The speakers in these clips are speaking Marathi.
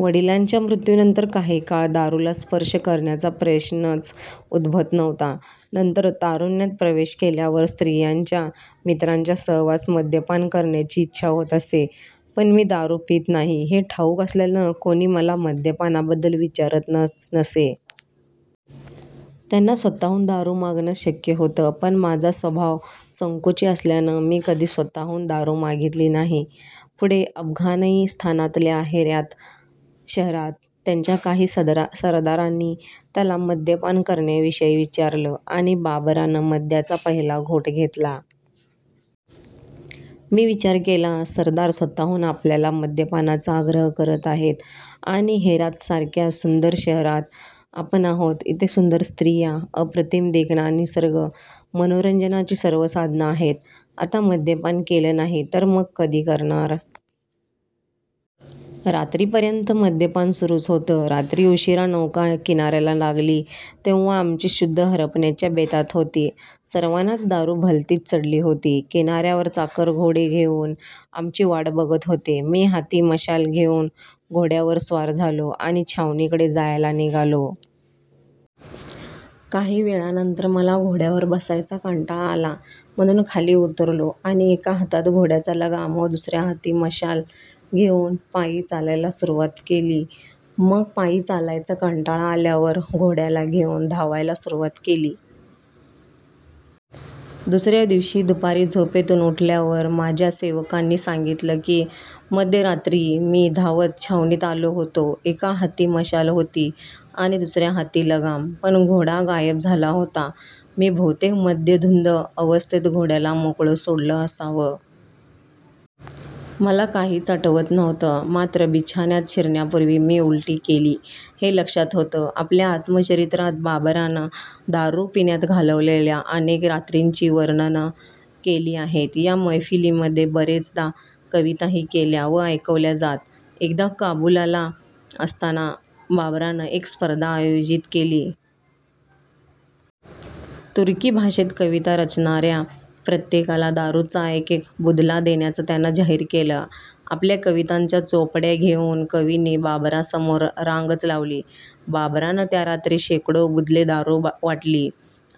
वडिलांच्या मृत्यूनंतर काही काळ दारूला स्पर्श करण्याचा प्रश्नच उद्भवत नव्हता. नंतर तारुण्यात प्रवेश केल्यावर स्त्रियांच्या, मित्रांच्या सहवासात मद्यपान करण्याची इच्छा होत असे. पण मी दारू पीत नाही, हे ठाऊक असल्यानं कोणी मला मद्यपानाबद्दल विचारतच नसे. त्यांना स्वतःहून दारू मागणं शक्य होतं, पण माझा स्वभाव संकोची असल्यानं मी कधी स्वतःहून दारू मागितली नाही. पुढे अफगाणिस्तानातल्या हेरात शहरात त्याच्या काही सरदारांनी त्याला मद्यपान करण्याविषयी विचारलं, आणि बाबरानं मद्याचा पहिला घोट घेतला. मी विचार केला, सरदार स्वतःहून आपल्याला मद्यपानाचा आग्रह करत आहेत, आणि हेरातसारख्या सुंदर शहरात आपण आहोत. इथे सुंदर स्त्रिया, अप्रतिम देखणा निसर्ग, मनोरंजनाची सर्व साधनं आहेत. आता मद्यपान केलं नाही, तर मग कधी करणार? रात्रीपर्यंत मद्यपान सुरूच होतं. रात्री उशिरा नौका किनाऱ्याला लागली तेव्हा आमची शुद्ध हरपण्याच्या बेतात होती. सर्वांनाच दारू भलतीच चढली होती. किनाऱ्यावर चाकर घोडे घेऊन आमची वाट बघत होते. मी हाती मशाल घेऊन घोड्यावर स्वार झालो, आणि छावणीकडे जायला निघालो. काही वेळानंतर मला घोड्यावर बसायचा कंटाळा आला, म्हणून खाली उतरलो आणि एका हातात घोड्याचा लगाम व दुसऱ्या हाती मशाल घेऊन पायी चालायला सुरुवात केली. मग पायी चालायचा कंटाळा आल्यावर घोड्याला घेऊन धावायला सुरुवात केली. दुसऱ्या दिवशी दुपारी झोपेतून उठल्यावर माझ्या सेवकांनी सांगितलं की मध्यरात्री मी धावत छावणीत आलो होतो. एका हाती मशाल होती आणि दुसऱ्या हाती लगाम. पण घोडा गायब झाला होता. मी बहुतेक मद्यधुंद अवस्थेत घोड्याला मोकळं सोडलं असावं. मला काहीच आठवत नव्हतं. मात्र बिछान्यात शिरण्यापूर्वी मी उलटी केली, हे लक्षात होतं. आपल्या आत्मचरित्रात बाबरानं दारू पिण्यात घालवलेल्या अनेक रात्रींची वर्णनं केली आहेत. या मैफिलींमध्ये बरेचदा कविताही केल्या व ऐकवल्या जात. एकदा काबुलला असताना बाबरानं एक स्पर्धा आयोजित केली. तुर्की भाषेत कविता रचणाऱ्या प्रत्येकाला दारूचा एकेक बुधला देण्याचं त्यानं जाहीर केलं. आपल्या कवितांच्या चोपड्या घेऊन कवींनी बाबरासमोर रांगच लावली. बाबरानं त्या रात्री शेकडो बुधले दारू वाटली.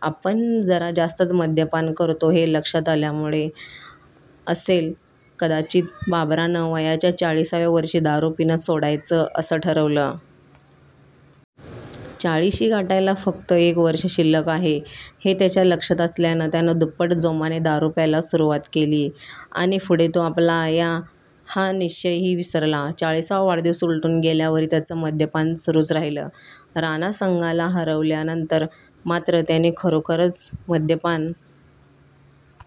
आपण जरा जास्तच मद्यपान करतो, हे लक्षात आल्यामुळे असेल कदाचित, बाबरानं वयाच्या चाळिसाव्या वर्षी दारू पिणं सोडायचं, असं ठरवलं. चाळिशी गाठायला फक्त एक वर्ष शिल्लक आहे, हे त्याच्या लक्षात असल्यानं त्यानं दुप्पट जोमाने दारू प्यायला सुरुवात केली, आणि पुढे तो आपला हा निश्चयही विसरला. चाळिसावा वाढदिवस उलटून गेल्यावरही त्याचं मद्यपान सुरूच राहिलं. राणा संगाला हरवल्यानंतर मात्र त्याने खरोखरंच मद्यपान